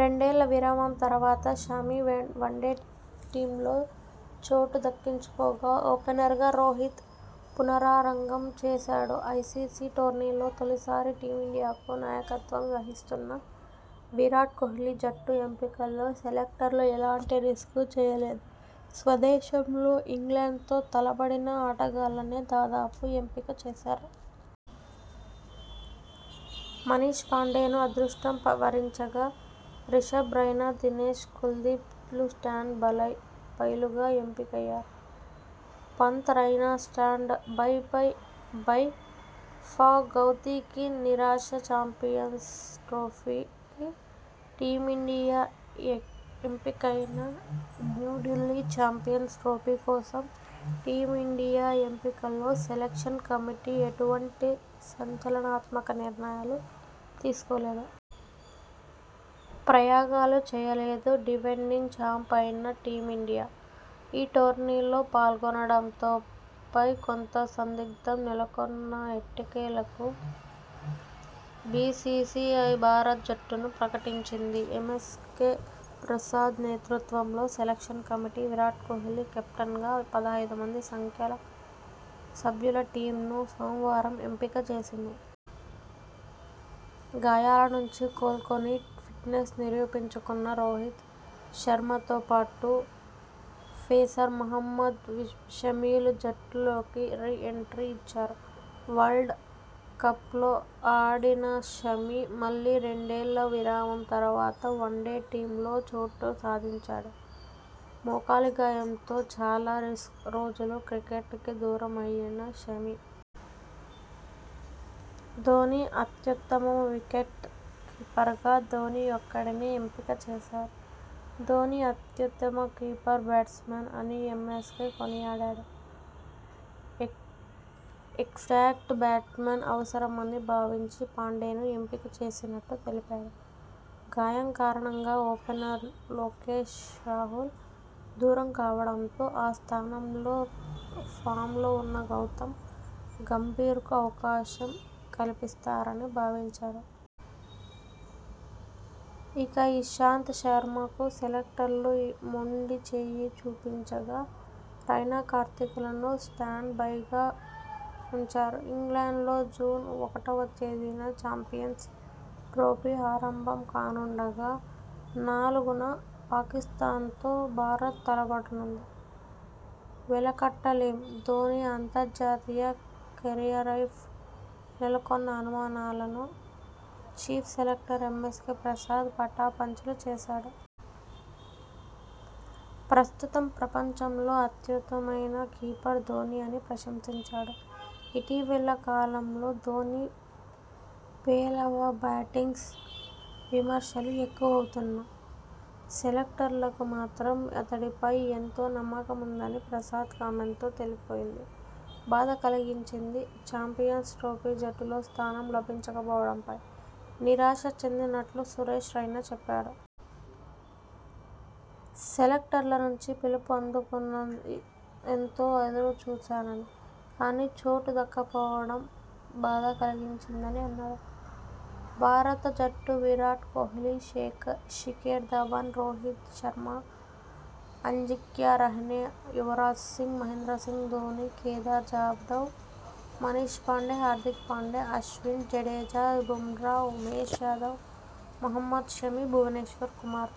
రెండేళ్ల విరామం తర్వాత షమి.. వన్డే టీమ్లో చోటు దక్కించుకోగా.. ఓపెనర్గా రోహిత్ పునరాగమం చేశాడు. ఐసీసీ టోర్నీలో తొలిసారి టీమిండియాకు నాయకత్వం వహిస్తున్న విరాట్ కోహ్లీ జట్టు ఎంపికలో సెలెక్టర్లు ఎటువంటి రిస్క్ చేయలేదు. స్వదేశంలో ఇంగ్లండ్తో తలపడిన ఆటగాళ్లనే దాదాపుగా ఎంపిక చేశారు. మనీష్ పాండేను అదృష్టం పావరించగా.. రిషభ్, రైనా, దినేష్, కుల్దీప్ లు స్టాండ్ బలై బైలుగా ఎంపికయ్యారు. పంత్, రైనా స్టాండ్ బై ఫ గౌతీకి నిరాశచాంపియన్స్ ట్రోఫీకి టీమిండియా ఎం ఎంపికన్యూఢిల్లీ: చాంపియన్స్ ట్రోఫీ కోసం టీమిండియా ఎంపికలో సెలెక్షన్ కమిటీ ఎటువంటి సంచలనాత్మక నిర్ణయాలు తీసుకోలేదు.. ప్రయోగాలూ చేయలేదు. డిఫెండింగ్ చాంప్ అయిన టీమిండియా.. ఈ టోర్నీలో పాల్గొనడంపై కొంత సందిగ్ధం నెలకొన్నా ఎట్టకేలకు బీసీసీఐ భారత జట్టును ప్రకటించింది. ఎమ్మెస్కే ప్రసాద్ నేతృత్వంలోని సెలెక్షన్ కమిటీ విరాట్ కోహ్లీ కెప్టెన్గా పదహాయిదు మంది సభ్యు ల టీమ్ను సోమవారం ఎంపిక చేసింది. గాయాల నుంచి కోలుకుని ఫిట్నెస్ నిరూపించుకున్న రోహిత శర్మతోపాటు పేసర్ మహమ్మద్ షమిలు జట్టులోకి రీ ఎంట్రీ ఇచ్చారు. వరల్డ్ కప్లో ఆడిన షమి.. మళ్లీ రెండేళ్ల విరామం తర్వాత వన్డే టీమ్లో చోటు సంపాదించాడు. మోకాలి గాయంతో చాలా రేస్ రోజులు క్రికెట్కు దూరమైన షమి.. ధోనీ అత్యుత్తమం.. వికెట్ పర్గా ధోనీ ఒక్కడినే ఎంపిక చేశారు. ధోనీ అత్యుత్తమ కీపర్, బ్యాట్స్మన్ అని ఎమ్మెస్కే కొనియాడాడు. ఎక్స్ ఎక్స్ట్రా బ్యాట్స్మన్ అవసరమని భావించి పాండేను ఎంపిక చేసినట్టు తెలిపాడు. గాయం కారణంగా ఓపెనర్ లోకేష్ రాహుల్ దూరం కావడంతో ఆ స్థానంలో ఫామ్లో ఉన్న గౌతమ్ గంభీర్కు అవకాశం కల్పిస్తారని భావించారు. ఇక ఇషాంత శర్మకు సెలెక్టర్లు మొండి చేయి చూపించగా.. రైనా, కార్తీక్లను స్టాండ్ బైగా ఉంచారు. ఇంగ్లండ్లో జూన్ ఒకటి న తేదీన చాంపియన్స్ ట్రోఫీ ఆరంభం కానుండగా.. నాలుగు న పాకిస్థాన్తో భారత తలపడనుంది. వెలకట్టలేం..! ధోనీ అంతర్జాతీయ కెరీయారై నెలకొన్న అనుమానాలను చీఫ్ సెలెక్టర్ ఎమ్మెస్కే ప్రసాద్ పటాపంచలు చేశాడు. ప్రస్తుతం ప్రపంచంలో అత్యుత్తమయున కీపర్ ధోనీ అని ప్రశంసించాడు. ఇటీవలి కాలంలో ధోనీ పేలవ బ్యాటింగ్పై విమర్శలు ఎక్కువవుతున్నా.. సెలెక్టర్లకు మాత్రం అతడిపై ఎంతో నమ్మకం ఉందని ప్రసాద్ కామెంట్తో తేలిపోయింది. బాధ కలిగించింది: చాంపియన్స్ ట్రోఫీ జట్టులో స్థానం లభించకపోవడంపై నిరాశ చెందినట్టు సురేష్ రైనా చెప్పాడు. సెలెక్టర్ల నుంచి పిలుపు అందుతుందని ఎంతో ఎదురు చూశానని.. కానీ చోటు దక్కపోవడం బాధ కలిగించిందని అన్నాడు. భారత జట్టువిరాట్ కోహ్లీ, శేఖ శిఖర్ ధవన్, రోహిత్ శర్మ, అజింక్యా రహానె, యువరాజ్ సింగ్, మహేంద్ర సింగ్ ధోనీ, కేదార్ జాదవ్, మనీష్ పాండే, హార్దిక్ పాండ్యా, అశ్విన్, జడేజా, బుమ్రా, ఉమేష్ యాదవ్, మహమ్మద్ షమి, భువనేశ్వర్ కుమార్.